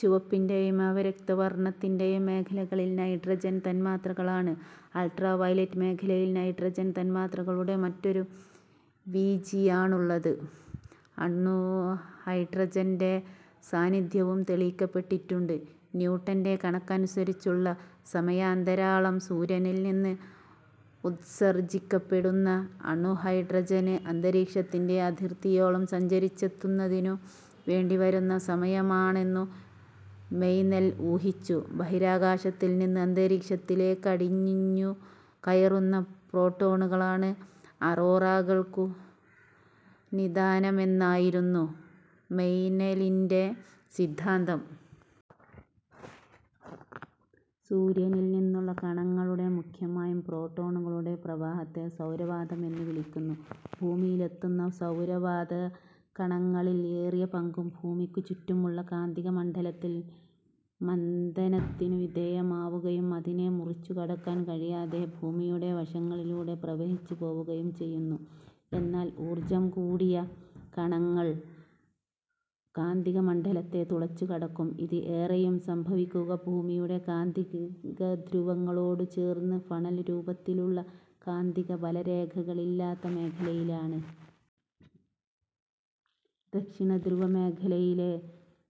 ചുവപ്പിന്റെയും അവരക്തവർണത്തിന്റെയും മേഖലകളിൽ നൈട്രജൻ തന്മാത്രകളാണ്. അൾട്രാവയലറ്റ് മേഖലയിൽ നൈട്രജൻ തന്മാത്രകളുടെ മറ്റൊരു വീചിയാണുള്ളത്. അണുഹൈഡ്രജന്റെ സാന്നിധ്യവും തെളിയിക്കപ്പെട്ടിട്ടുണ്ട്. ന്യൂട്ടന്റെ കണക്കനുസരിച്ചുള്ള സമയാന്തരാളം സൂര്യനിൽനിന്ന് ഉത്സർജിക്കപ്പെടുന്ന അണുഹൈഡ്രജന് അന്തരീക്ഷത്തിന്റെ അതിർത്തിയോളം സഞ്ചരിച്ചെത്തുന്നതിനു വേണ്ടിവരുന്ന സമയമാണെന്നു മെയ്നെൽ ഊഹിച്ചു. ബഹിരാകാശത്തിൽ നിന്ന് അന്തരീക്ഷത്തിലേക്കടിഞ്ഞുകയറുന്ന പ്രോട്ടോണുകളാണ് അറോറാകൾക്കു നിദാനമെന്നായിരുന്നു മെയ്നെലിന്റെ സിദ്ധാന്തം. സൂര്യനിൽ നിന്നുള്ള കണങ്ങളുടെ, മുഖ്യമായും പ്രോട്ടോണുകളുടെ, പ്രവാഹത്തെ സൗരവാതം എന്നു വിളിക്കുന്നു. ഭൂമിയിലെത്തുന്ന സൗരവാതകണങ്ങളിൽ ഏറിയപങ്കും ഭൂമിക്കു ചുറ്റുമുള്ള കാന്തികമണ്ഡലത്തിൽ മന്ദനത്തിനു വിധേയമാവുകയും, അതിനെ മുറിച്ചു കടക്കാൻ കഴിയാതെ ഭൂമിയുടെ വശങ്ങളിലൂടെ പ്രവഹിച്ചുപോവുകയും ചെയ്യുന്നു. എന്നാൽ ഊർജ്ജം കൂടിയ കണങ്ങൾ കാന്തികമണ്ഡലത്തെ തുളച്ചു കടക്കും. ഇത് ഏറെയും സംഭവിക്കുക ഭൂമിയുടെ കാന്തികധ്രുവങ്ങളോടു ചേർന്ന് ഫണൽ രൂപത്തിലുള്ള, കാന്തികബലരേഖകളില്ലാത്ത മേഖലയിലാണ്. ദക്ഷിണധ്രുവ മേഖലയിലെ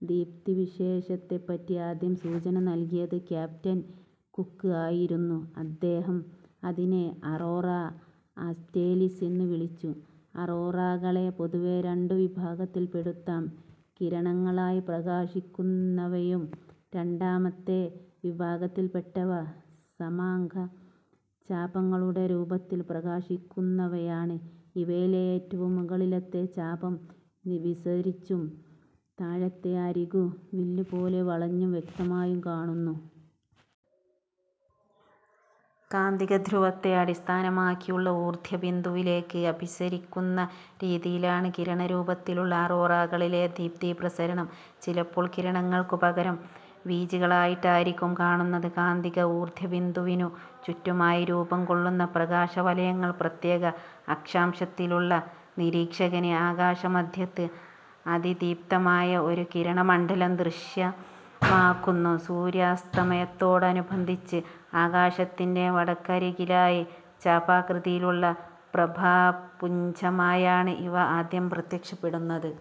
ദീപ്തിവിശേഷത്തെപ്പറ്റി ആദ്യം സൂചന നല്കിയത് ക്യാപ്റ്റൻ കുക്ക് ആയിരുന്നു. അദ്ദേഹം അതിനെ 'അറോറാ ആസ്റ്റ്രേലിസ്' എന്നു വിളിച്ചു. അറോറാകളെ പൊതുവേ രണ്ടു വിഭാഗത്തിൽ പ്പെടുത്താം: കിരണങ്ങളായി പ്രകാശിക്കുന്നവയും അല്ലാത്തവയും. രണ്ടാമത്തെ വിഭാഗത്തിൽ പ്പെട്ടവ സമാംഗചാപങ്ങളുടെ രൂപത്തിൽ പ്രകാശിക്കുന്നവയാണ്. ഇവയിലെ ഏറ്റവും മുകളിലത്തെ ചാപം വിസരിച്ചും താഴത്തെ അരികു വില്ലുപോലെ വളഞ്ഞു വ്യക്തമായും കാണുന്നു. കാന്തികധ്രുവത്തെ അടിസ്ഥാനമാക്കിയുള്ള ഊർധ്വബിന്ദു വിലേക്ക് അഭിസരിക്കുന്ന രീതിയിലാണ് കിരണരൂപത്തിലുള്ള അറോറാകളിലെ ദീപ്തിപ്രസരണം. ചിലപ്പോൾ കിരണങ്ങൾക്കുപകരം വീചികളായിട്ടായിരിക്കും കാണുന്നത്. കാന്തിക-ഊർധ്വബിന്ദുവിനു ചുറ്റുമായി രൂപംകൊള്ളുന്ന പ്രകാശവലയങ്ങൾ പ്രത്യേക അക്ഷാംശത്തിലുള്ള നിരീക്ഷകന്, ആകാശമധ്യത്ത് അതിദീപ്തമായ ഒരു കിരണമണ്ഡലം ദൃശ്യമാക്കുന്നു. സൂര്യാസ്തമയത്തോടനുബന്ധിച്ച് ആകാശത്തിന്റെ വടക്കരികിലായി ചാപാകൃതിയിലുള്ള പ്രഭാപുഞ്ജമായാണ് ഇവ ആദ്യം പ്രത്യക്ഷപ്പെടുന്നത്.